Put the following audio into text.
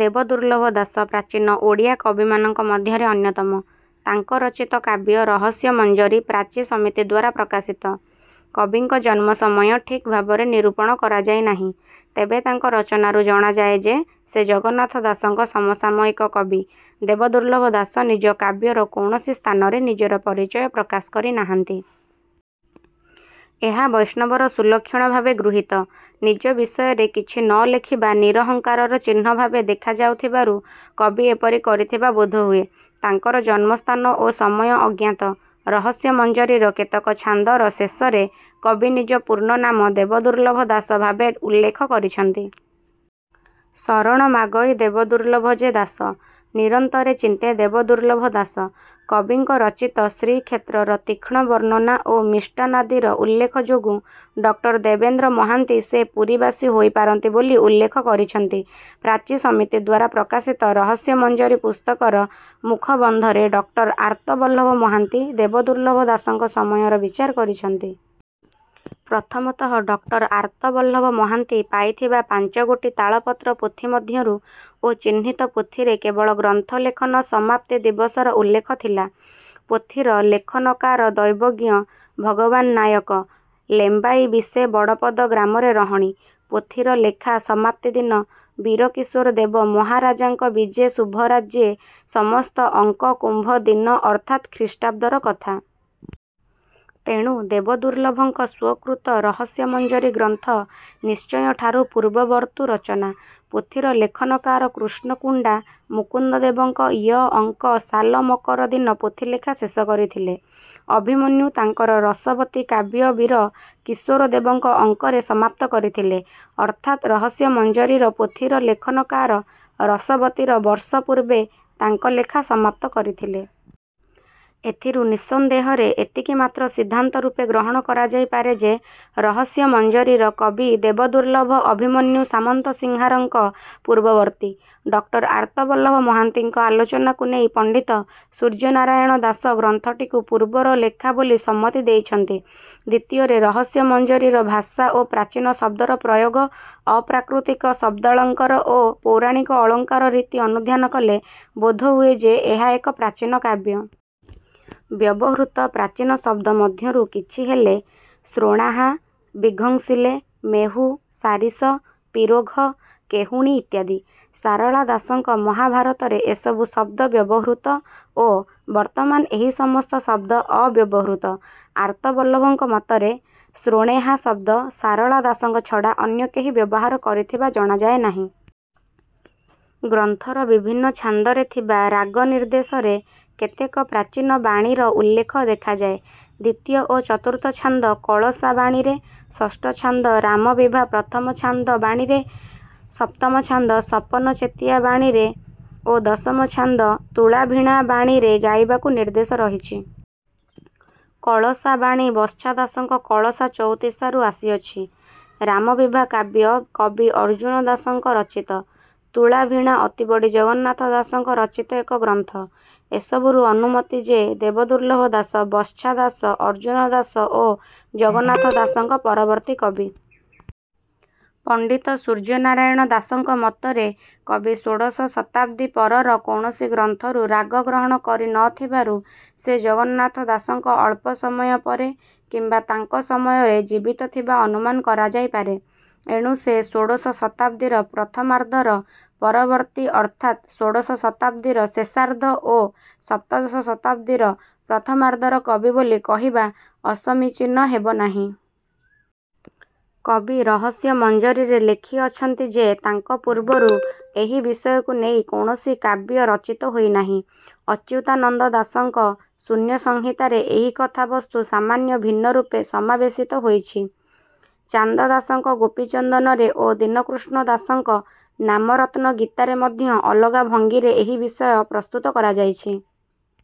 ଦେବଦୁର୍ଲ୍ଲଭ ଦାସ ପ୍ରାଚୀନ ଓଡ଼ିଆ କବିମାନଙ୍କ ମଧ୍ୟରେ ଅନ୍ୟତମ ତାଙ୍କ ରଚିତ କାବ୍ୟ ରହସ୍ୟମଞ୍ଜରୀ ପ୍ରାଚୀ ସମିତିଦ୍ୱାରା ପ୍ରକାଶିତ କବିଙ୍କ ଜନ୍ମ ସମୟ ଠିକ୍ ଭାବରେ ନିରୂପଣ କରଯାଇ ନାହିଁ ତେବେ ତାଙ୍କ ରଚନାରୁ ଜଣାଯାଏ ଯେ ସେ ଜଗନ୍ନାଥ ଦାସ ଙ୍କ ସମସାମୟିକ କବି ଦେବଦୁର୍ଲ୍ଲଭ ଦାସ ନିଜ କାବ୍ୟର କୌଣସି ସ୍ଥାନରେ ନିଜର ପରିଚୟ ପ୍ରକାଶ କରିନାହାନ୍ତି। ଏହା ବୈଷ୍ଣବର ସୁଲକ୍ଷଣ ଭାବେ ଗୃହୀତ। ନିଜ ବିଷୟରେ କିଛି ନ ଲେଖିବା ନିରହଙ୍କାରର ଚିହ୍ନ ଭାବେ ଦେଖାଯାଉଥିବାରୁ କବି ଏପରି କରିଥିବା ବୋଧ ହୁଏ। ତାଙ୍କର ଜନ୍ମସ୍ଥାନ ଓ ସମୟ ଅଜ୍ଞାତ। ରହସ୍ୟମଞ୍ଜରୀର କେତେକ ଛାନ୍ଦର ଶେଷରେ କବି ନିଜ ପୂର୍ଣ୍ଣ ନାମ 'ଦେବଦୁର୍ଲ୍ଲଭ ଦାସ' ଭାବେ ଉଲ୍ଲେଖ କରିଛନ୍ତି। ଶରଣ ମାଗଇ ଦେବ ଦୁର୍ଲ୍ଲଭ ଯେ ଦାସ। ନିରନ୍ତରେ ଚିନ୍ତେ ଦେବଦୁର୍ଲ୍ଲଭ ଦାସ। କବିଙ୍କ ରଚିତ ଶ୍ରୀକ୍ଷେତ୍ରର ତୀକ୍ଷ୍ଣ ବର୍ଣ୍ଣନା ଓ ମିଷ୍ଟାନ୍ନାଦିର ଉଲ୍ଲେଖ ଯୋଗୁଁ ଡକ୍ଟର ଦେବେନ୍ଦ୍ର ମହାନ୍ତି ସେ ପୁରୀବାସୀ ହୋଇପାରନ୍ତି ବୋଲି ଉଲ୍ଲେଖ କରିଛନ୍ତି। ପ୍ରାଚୀ ସମିତିଦ୍ୱାରା ପ୍ରକାଶିତ ରହସ୍ୟମଞ୍ଜରୀ ପୁସ୍ତକର ମୁଖବନ୍ଧରେ ଡକ୍ଟର ଆର୍ତ୍ତବଲ୍ଲଭ ମହାନ୍ତି ଦେବଦୁର୍ଲ୍ଲଭ ଦାସଙ୍କ ସମୟର ବିଚାର କରିଛନ୍ତି। ପ୍ରଥମତଃ ଡକ୍ଟର ଆର୍ତ୍ତବଲ୍ଲଭ ମହାନ୍ତି ପାଇଥିବା ପାଞ୍ଚଗୋଟି ତାଳପତ୍ର ପୋଥି ମଧ୍ୟରୁ ଓ ଚିହ୍ନିତ ପୋଥିରେ କେବଳ ଗ୍ରନ୍ଥ ଲେଖନ ସମାପ୍ତି ଦିବସର ଉଲ୍ଲେଖ ଥିଲା। ପୋଥିର ''ଲେଖନକାର ଦୈବଜ୍ଞ ଭଗବାନ ନାୟକ, ଲେମ୍ବାଇ ବିଶେ ବଡ଼ପଦ ଗ୍ରାମରେ ରହଣି''- ପୋଥିର ଲେଖା ସମାପ୍ତିଦିନ ବୀର କିଶୋର ଦେବ ମହାରାଜାଙ୍କ ବିଜେ ଶୁଭରାଜ୍ୟେ ସମସ୍ତ ଅଙ୍କ କୁମ୍ଭ ଦିନ ଅର୍ଥାତ୍ ଖ୍ରୀଷ୍ଟାବ୍ଦର କଥା। ତେଣୁ ଦେବଦୁର୍ଲ୍ଲଭଙ୍କ ସ୍ୱକୃତ ରହସ୍ୟମଞ୍ଜରୀ ଗ୍ରନ୍ଥ ନିଶ୍ଚୟ ଠାରୁ ପୂର୍ବବର୍ତ୍ତୂ ରଚନା। ପୋଥିର ଲେଖନକାର କୃଷ୍ଣ କୁଣ୍ଡା ମୁକୁନ୍ଦଦେବଙ୍କ ୟ ଅଙ୍କ ସାଲ ମକର ଦିନ ପୋଥିଲେଖା ଶେଷ କରିଥିଲେ। ଅଭିମନ୍ୟୁ ତାଙ୍କର ରସବତୀ କାବ୍ୟ ବୀର କିଶୋର ଦେବଙ୍କ ଅଙ୍କରେ ସମାପ୍ତ କରିଥିଲେ। ଅର୍ଥାତ୍ ରହସ୍ୟମଞ୍ଜରୀର ପୋଥିର ଲେଖନକାର ରସବତୀର ବର୍ଷ ପୂର୍ବେ ତାଙ୍କ ଲେଖା ସମାପ୍ତ କରିଥିଲେ। ଏଥିରୁ ନିଃସନ୍ଦେହରେ ଏତିକି ମାତ୍ର ସିଦ୍ଧାନ୍ତ ରୂପେ ଗ୍ରହଣ କରାଯାଇପାରେ ଯେ ରହସ୍ୟମଞ୍ଜରୀର କବି ଦେବଦୁର୍ଲ୍ଲଭ ଅଭିମନ୍ୟୁ ସାମନ୍ତସିଂହାର ଙ୍କ ପୂର୍ବବର୍ତ୍ତୀ। ଡକ୍ଟର ଆର୍ତ୍ତବଲ୍ଲଭ ମହାନ୍ତିଙ୍କ ଆଲୋଚନାକୁ ନେଇ ପଣ୍ଡିତ ସୂର୍ଯ୍ୟନାରାୟଣ ଦାଶ ଗ୍ରନ୍ଥଟିକୁ ପୂର୍ବର ଲେଖା ବୋଲି ସମ୍ମତି ଦେଇଛନ୍ତି। ଦ୍ୱିତୀୟରେ ରହସ୍ୟମଞ୍ଜରୀର ଭାଷା ଓ ପ୍ରାଚୀନ ଶବ୍ଦର ପ୍ରୟୋଗ, ଅପ୍ରାକୃତିକ ଶବ୍ଦାଳଙ୍କାର ଓ ପୌରାଣିକ ଅଳଙ୍କାର ରୀତି ଅନୁଧ୍ୟାନ କଲେ ବୋଧ ହୁଏ ଯେ ଏହା ଏକ ପ୍ରାଚୀନ କାବ୍ୟ। ବ୍ୟବହୃତ ପ୍ରାଚୀନ ଶବ୍ଦ ମଧ୍ୟରୁ କିଛି ହେଲେ 'ଶ୍ରୋଣାହା', 'ବିଘଂସିଲେ', 'ମେହୁ', 'ସାରିଷ', 'ପିରୋଘ', 'କେହୁଣି' ଇତ୍ୟାଦି। ସାରଳା ଦାସ ଙ୍କ ମହାଭାରତରେ ଏସବୁ ଶବ୍ଦ ବ୍ୟବହୃତ ଓ ବର୍ତ୍ତମାନ ଏହି ସମସ୍ତ ଶବ୍ଦ ଅବ୍ୟବହୃତ। ଆର୍ତ୍ତବଲ୍ଲଭଙ୍କ ମତରେ 'ଶ୍ରୋଣେହା' ଶବ୍ଦ ସାରଳା ଦାସଙ୍କ ଛଡ଼ା ଅନ୍ୟ କେହି ବ୍ୟବହାର କରିଥିବା ଜଣାଯାଏ ନାହିଁ। ଗ୍ରନ୍ଥର ବିଭିନ୍ନ ଛାନ୍ଦରେ ଥିବା ରାଗନିର୍ଦ୍ଦେଶରେ କେତେକ ପ୍ରାଚୀନ 'ବାଣୀ'ର ଉଲ୍ଲେଖ ଦେଖାଯାଏ। ଦ୍ୱିତୀୟ ଓ ଚତୁର୍ଥ ଛାନ୍ଦ କଳସା ବାଣୀରେ, ଷଷ୍ଠ ଛାନ୍ଦ 'ରାମବିଭା ପ୍ରଥମଛାନ୍ଦ ବାଣୀରେ', ସପ୍ତମ ଛାନ୍ଦ ସପନଚେତିଆ ବାଣୀରେ ଓ ଦଶମ ଛାନ୍ଦ ତୁଳାଭିଣା ବାଣୀରେ ଗାଇବାକୁ ନିର୍ଦ୍ଦେଶ ରହିଛି। କଳସା ବାଣୀ ବତ୍ସା ଦାସଙ୍କ କଳସା ଚଉତିଶା ରୁ ଆସିଅଛି। ରାମବିଭା କାବ୍ୟ କବି ଅର୍ଜ୍ଜୁନ ଦାସ ଙ୍କ ରଚିତ। ତୁଳାଭିଣା ଅତିବଡ଼ି ଜଗନ୍ନାଥ ଦାସ ଙ୍କ ରଚିତ ଏକ ଗ୍ରନ୍ଥ। ଏସବୁରୁ ଅନୁମିତ ଯେ ଦେବଦୁର୍ଲ୍ଲଭ ଦାସ ବତ୍ସା ଦାସ, ଅର୍ଜ୍ଜୁନ ଦାସ ଓ ଜଗନ୍ନାଥ ଦାସଙ୍କ ପରବର୍ତ୍ତୀ କବି। ପଣ୍ଡିତ ସୂର୍ଯ୍ୟନାରାୟଣ ଦାଶଙ୍କ ମତରେ କବି ଷୋଡ଼ଶ ଶତାବ୍ଦୀ ପରର କୌଣସି ଗ୍ରନ୍ଥରୁ ରାଗ ଗ୍ରହଣ କରିନଥିବାରୁ ସେ ଜଗନ୍ନାଥ ଦାସଙ୍କ ଅଳ୍ପ ସମୟ ପରେ କିମ୍ବା ତାଙ୍କ ସମୟରେ ଜୀବିତ ଥିବା ଅନୁମାନ କରାଯାଇପାରେ। ଏଣୁ ସେ ଷୋଡ଼ଶ ଶତାବ୍ଦୀର ପ୍ରଥମାର୍ଦ୍ଧର ପରବର୍ତ୍ତୀ ଅର୍ଥାତ୍ ଷୋଡ଼ଶ ଶତାବ୍ଦୀର ଶେଷାର୍ଦ୍ଧ ଓ ସପ୍ତଦଶ ଶତାବ୍ଦୀର ପ୍ରଥମାର୍ଦ୍ଧର କବି ବୋଲି କହିବା ଅସମୀଚୀନ ହେବ ନାହିଁ। କବି ରହସ୍ୟମଞ୍ଜରୀରେ ଲେଖିଅଛନ୍ତି ଯେ ତାଙ୍କ ପୂର୍ବରୁ ଏହି ବିଷୟକୁ ନେଇ କୌଣସି କାବ୍ୟ ରଚିତ ହୋଇନାହିଁ। ଅଚ୍ୟୁତାନନ୍ଦ ଦାସ ଙ୍କ ଶୂନ୍ୟସଂହିତାରେ ଏହି କଥାବସ୍ତୁ ସାମାନ୍ୟ ଭିନ୍ନରୂପେ ସମାବେଶିତ ହୋଇଛି। ଚାନ୍ଦ ଦାସଙ୍କ ଗୋପୀଚନ୍ଦନରେ ଓ ଦୀନକୃଷ୍ଣ ଦାସ ଙ୍କ ନାମରତ୍ନ ଗୀତାରେ ମଧ୍ୟ ଅଲଗା ଭଙ୍ଗୀରେ ଏହି ବିଷୟ ପ୍ରସ୍ତୁତ କରାଯାଇଛି।।